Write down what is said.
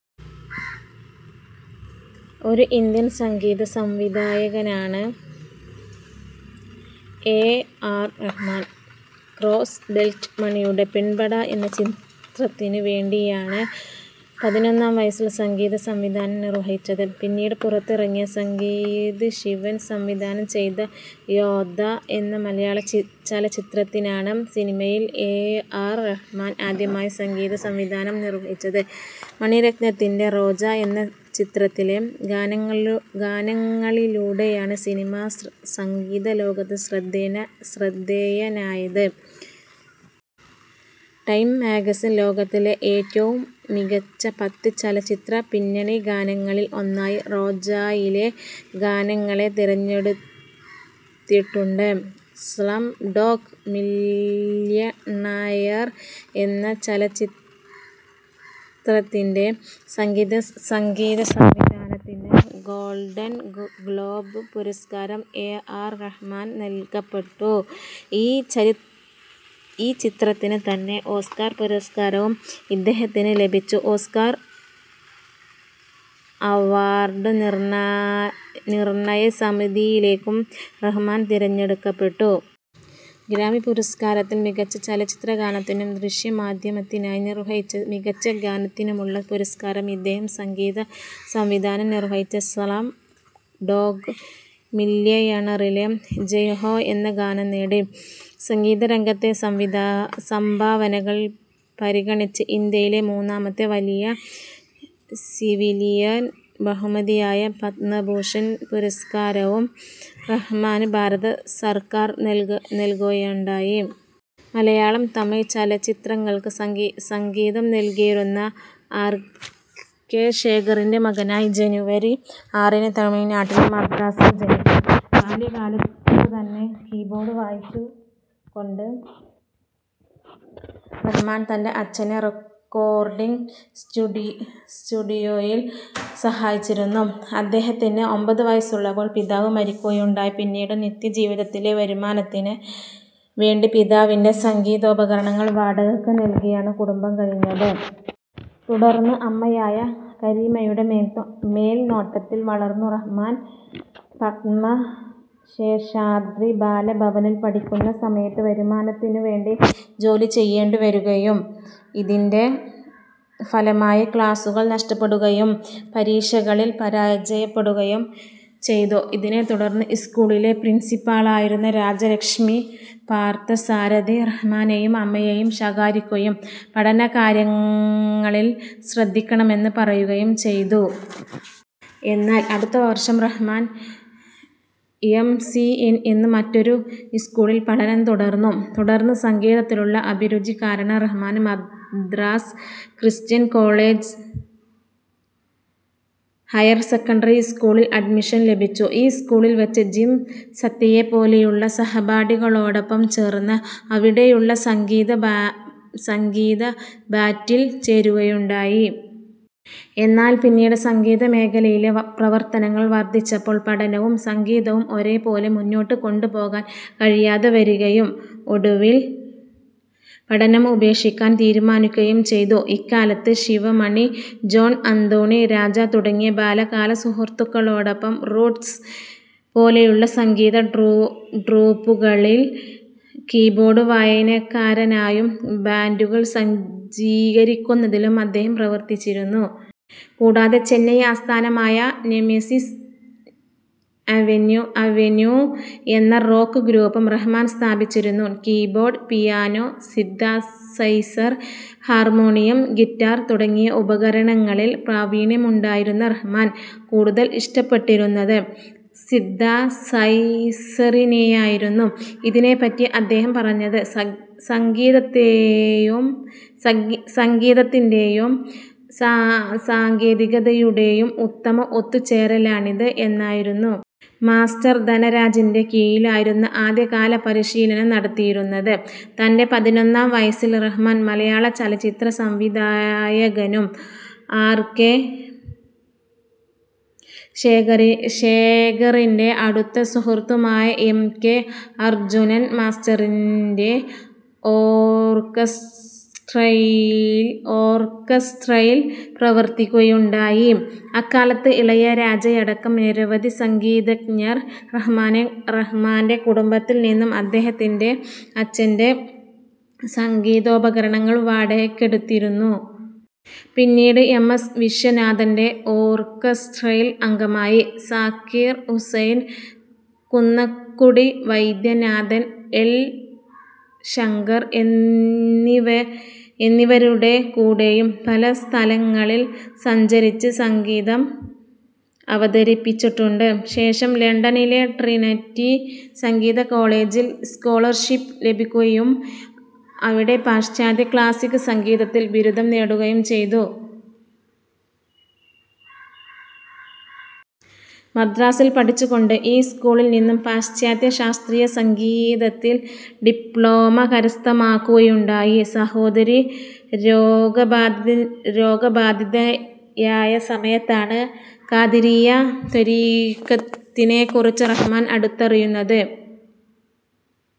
ഒരു ഇന്ത്യൻ സംഗീതസംവിധായകനാണ് A. R. Rahman. Crossbelt മണിയുടെ പെൺപട എന്ന ചിത്രത്തിനു വേണ്ടിയാണ് പതിനൊന്നാം വയസ്സിൽ സംഗീതസംവിധാനം നിർവഹിച്ചത് .പിന്നീട് പുറത്തിറങ്ങിയ സംഗീത് ശിവൻ സംവിധാനം ചെയ്ത യോദ്ധാ എന്ന മലയാളചലച്ചിത്രത്തിനാണ് സിനിമയിൽ എ. ആർ. റഹ്മാൻ ആദ്യമായി സംഗീതസംവിധാനം നിർവഹിച്ചത്. മണിരത്നത്തിന്റെ റോജാ എന്ന ചിത്രത്തിലെ ഗാനങ്ങളിലൂടെയാണ് സിനിമാ സംഗീതലോകത്ത് ശ്രദ്ധേയനായത്. ടൈം മാഗസിൻ ലോകത്തിലെ ഏറ്റവും മികച്ച പത്ത് ചലച്ചിത്രപിന്നണിഗാനങ്ങളിൽ ഒന്നായി റോജായിലെ ഗാനങ്ങളെ തിരഞ്ഞെടുത്തിട്ടുണ്ട്. സ്ലംഡോഗ് മില്ല്യണയർ എന്ന ചലച്ചിത്രത്തിന്റെ സംഗീതസംവിധാനത്തിന് ഗോൾഡൻ ഗ്ലോബ് പുരസ്കാരം എ. ആർ. റഹ്മാന് നൽകപ്പെട്ടു ഈ ചിത്രത്തിന് തന്നെ ഓസ്കാർ പുരസ്കാരവും ഇദ്ദേഹത്തിന് ലഭിച്ചു. ഓസ്കാർ അവാർഡ് നിർണയ സമിതിയിലേക്കും റഹ്മാൻ തിരഞ്ഞെടുക്കപ്പെട്ടു. ഗ്രാമി പുരസ്കാരത്തിൽ മികച്ച ചലച്ചിത്രഗാനത്തിനും, ദൃശ്യമാദ്ധ്യമത്തിനായി നിർവ്വഹിച്ച മികച്ച ഗാനത്തിനുമുള്ള പുരസ്കാരം ഇദ്ദേഹം സംഗീത സംവിധാനം നിർവ്വഹിച്ച സ്ലം ഡോഗ് മില്യയണറിലെ ജയ് ഹോ എന്ന ഗാനം നേടി. സംഗീത രംഗത്തെ സംഭാവനകൾ പരിഗണിച്ച് ഇന്ത്യയിലെ മൂന്നാമത്തെ വലിയ സിവിലിയൻ ബഹുമതിയായ പത്മഭൂഷൺ പുരസ്കാരവും റഹ്മാന് ഭാരത സർക്കാർ നൽകുകയുണ്ടായി. മലയാളം, തമിഴ് ചലച്ചിത്രങ്ങൾക്ക് സംഗിതം നൽകിയിരുന്ന ആർ. കെ. ശേഖറിന്റെ മകനായി ജനുവരി ആറിന് തമിഴ്നാട്ടിലെ മദ്രാസിൽ ജനിച്ചു. ബാല്യകാലത്തുതന്നെ കീബോർഡ് വായിച്ചുകൊണ്ട് റഹ്മാൻ തന്റെ അച്ഛനെ റെക്കോർഡിങ് സ്റ്റുഡിയോയിൽ സഹായിച്ചിരുന്നു. അദ്ദേഹത്തിന് ഒൻപത് വയസ്സുള്ളപ്പോൾ പിതാവ് മരിക്കുകയുണ്ടായി. പിന്നീട് നിത്യജീവിതത്തിലെ വരുമാനത്തിന് വേണ്ടി പിതാവിന്റെ സംഗിതോപകരണങ്ങൾ വാടകയ്ക്ക് നൽകിയാണ് കുടുംബം കഴിഞ്ഞത്. തുടർന്ന് അമ്മയായ കരീമയുടെ മേൽനോട്ടത്തിൽ വളർന്ന റഹ്മാൻ, പത്മ ശേഷാദ്രി ബാല ഭവനിൽ പഠിക്കുന്ന സമയത്ത് വരുമാനത്തിനുവേണ്ടി ജോലി ചെയ്യേണ്ടി വരികയും ഇതിന്റെ ഫലമായി ക്ലാസ്സുകൾ നഷ്ടപ്പെടുകയും പരീക്ഷകളിൽ പരാജയപ്പെടുകയും ചെയ്തു. ഇതിനെത്തുടർന്ന് സ്കൂളിലെ പ്രിൻസിപ്പാളായിരുന്ന രാജലക്ഷ്മി പാർത്ഥസാരഥി, റഹ്മാനെയും അമ്മയെയും ശകാരിക്കുകയും പഠനകാര്യങ്ങളിൽ ശ്രദ്ധിക്കണമെന്ന് പറയുകയും ചെയ്തു. എന്നാൽ അടുത്തവർഷം റഹ്മാൻ, എം. സി. എൻ എന്ന മറ്റൊരു സ്കൂളിൽ പഠനം തുടർന്നു. തുടർന്ന് സംഗീതത്തിലുള്ള അഭിരുചി കാരണം റഹ്മാന് Madras Christian College higher secondary സ്കൂളിൽ അഡ്മിഷൻ ലഭിച്ചു. ഈ സ്കൂളിൽ വച്ച് ജിം സത്യയെപ്പോലെയുള്ള സഹപാഠികളോടൊപ്പം ചേർന്ന് അവിടെയുള്ള സംഗീത ബാന്റിൽ ചേരുകയുണ്ടായി. എന്നാൽ പിന്നീട് സംഗീതമേഖലയിലെ പ്രവർത്തനങ്ങൾ വർധിച്ചപ്പോൾ പഠനവും സംഗീതവും ഒരേപോലെ മുന്നോട്ടുകൊണ്ടുപോകാൻ കഴിയാതെ വരികയും ഒടുവിൽ പഠനം ഉപേക്ഷിക്കാൻ തീരുമാനിക്കുകയും ചെയ്തു. ഇക്കാലത്ത് ശിവമണി, ജോൺ അന്തോണി, രാജ തുടങ്ങിയ ബാല്യകാല സുഹൃത്തുക്കളോടൊപ്പം " റൂട്ട്സ് " പോലെയുള്ള സംഗീത ട്രൂപ്പുകളിൽ കീബോർഡ് വായനക്കാരനായും ബാൻഡുകൾ സജ്ജീകരിക്കുന്നതിലും അദ്ദേഹം പ്രവർത്തിച്ചിരുന്നു. കൂടാതെ ചെന്നൈ ആസ്ഥാനമായ " നെമിസിസ് അവെന്യു " എന്ന റോക്ക് ഗ്രൂപ്പും റഹ്മാൻ സ്ഥാപിച്ചിരുന്നു. Keyboard, piano, synthesiser, harmonium, guitar തുടങ്ങിയ ഉപകരണങ്ങളിൽ പ്രാവീണ്യമുണ്ടായിരുന്ന റഹ്മാൻ, കൂടുതൽ ഇഷ്ടപ്പെട്ടിരുന്നത് സിന്തസൈസറിനെയായിരുന്നു. ഇതിനെപറ്റി അദ്ദേഹം പറഞ്ഞത് " സംഗീതത്തിന്റേയും സാങ്കേതികതയുടേയും ഉത്തമ ഒത്തുചേരലാണിത് " എന്നായിരുന്നു. മാസ്റ്റർ ധനരാജിന്റെ കീഴിലായിരുന്നു ആദ്യകാല പരിശീലനം നടത്തിയിരുന്നത്. തന്റെ പതിനൊന്നാം വയസ്സിൽ റഹ്മാൻ, മലയാള ചലച്ചിത്ര സംവിധായകനും ആർ. കെ. ശേഖറിന്റെ അടുത്ത സുഹൃത്തുമായ എം. കെ. അർജുനൻ മാസ്റ്ററിന്റെ ഓർക്കസ്ട്രയിൽ പ്രവർത്തിക്കുകയുണ്ടായി. അക്കാലത്ത് ഇളയരാജയടക്കം നിരവധി സംഗീതഞ്ജർ റഹ്മാന്റെ കുടുംബത്തിൽ നിന്ന് അദ്ദേഹത്തിന്റെ അച്ഛന്റെ സംഗീതോപകരണങ്ങൾ വാടകയ്ക്കെടുത്തിരുന്നു. പിന്നീട് എം. എസ്. വിശ്വനാഥന്റെ ഓർക്കസ്ട്രയിൽ അംഗമായി. സാക്കിർ ഹുസൈൻ, കുന്നക്കുടി വൈദ്യനാഥൻ, എൽ. ശങ്കർ എന്നിവരുടെ കൂടെയും പല സ്ഥലങ്ങളിൽ സഞ്ചരിച്ച് സംഗീതം അവതരിപ്പിച്ചിട്ടുണ്ട്. ശേഷം ലണ്ടനിലെ ട്രിനിറ്റി സംഗീത കോളേജിൽ സ്കോളർഷിപ്പ് ലഭിക്കുകയും അവിടെ പാശ്ചാത്യ ക്ലാസിക്ക് സംഗീതത്തിൽ ബിരുദം നേടുകയും ചെയ്തു. മദ്രാസിൽ പഠിച്ചുകൊണ്ട്, ഈ സ്കൂളിൽ നിന്നും പാശ്ചാത്യ ശാസ്ത്രീയ സംഗീതത്തിൽ ഡിപ്ലോമ കരസ്ഥമാക്കുകയുണ്ടായി. സഹോദരി രോഗബാധിതയായ സമയത്താണ് ഖാദിരിയ്യ ത്വരീഖത്തിനെക്കുറിച്ച് റഹ്മാൻ അടുത്തറിയുന്നത്.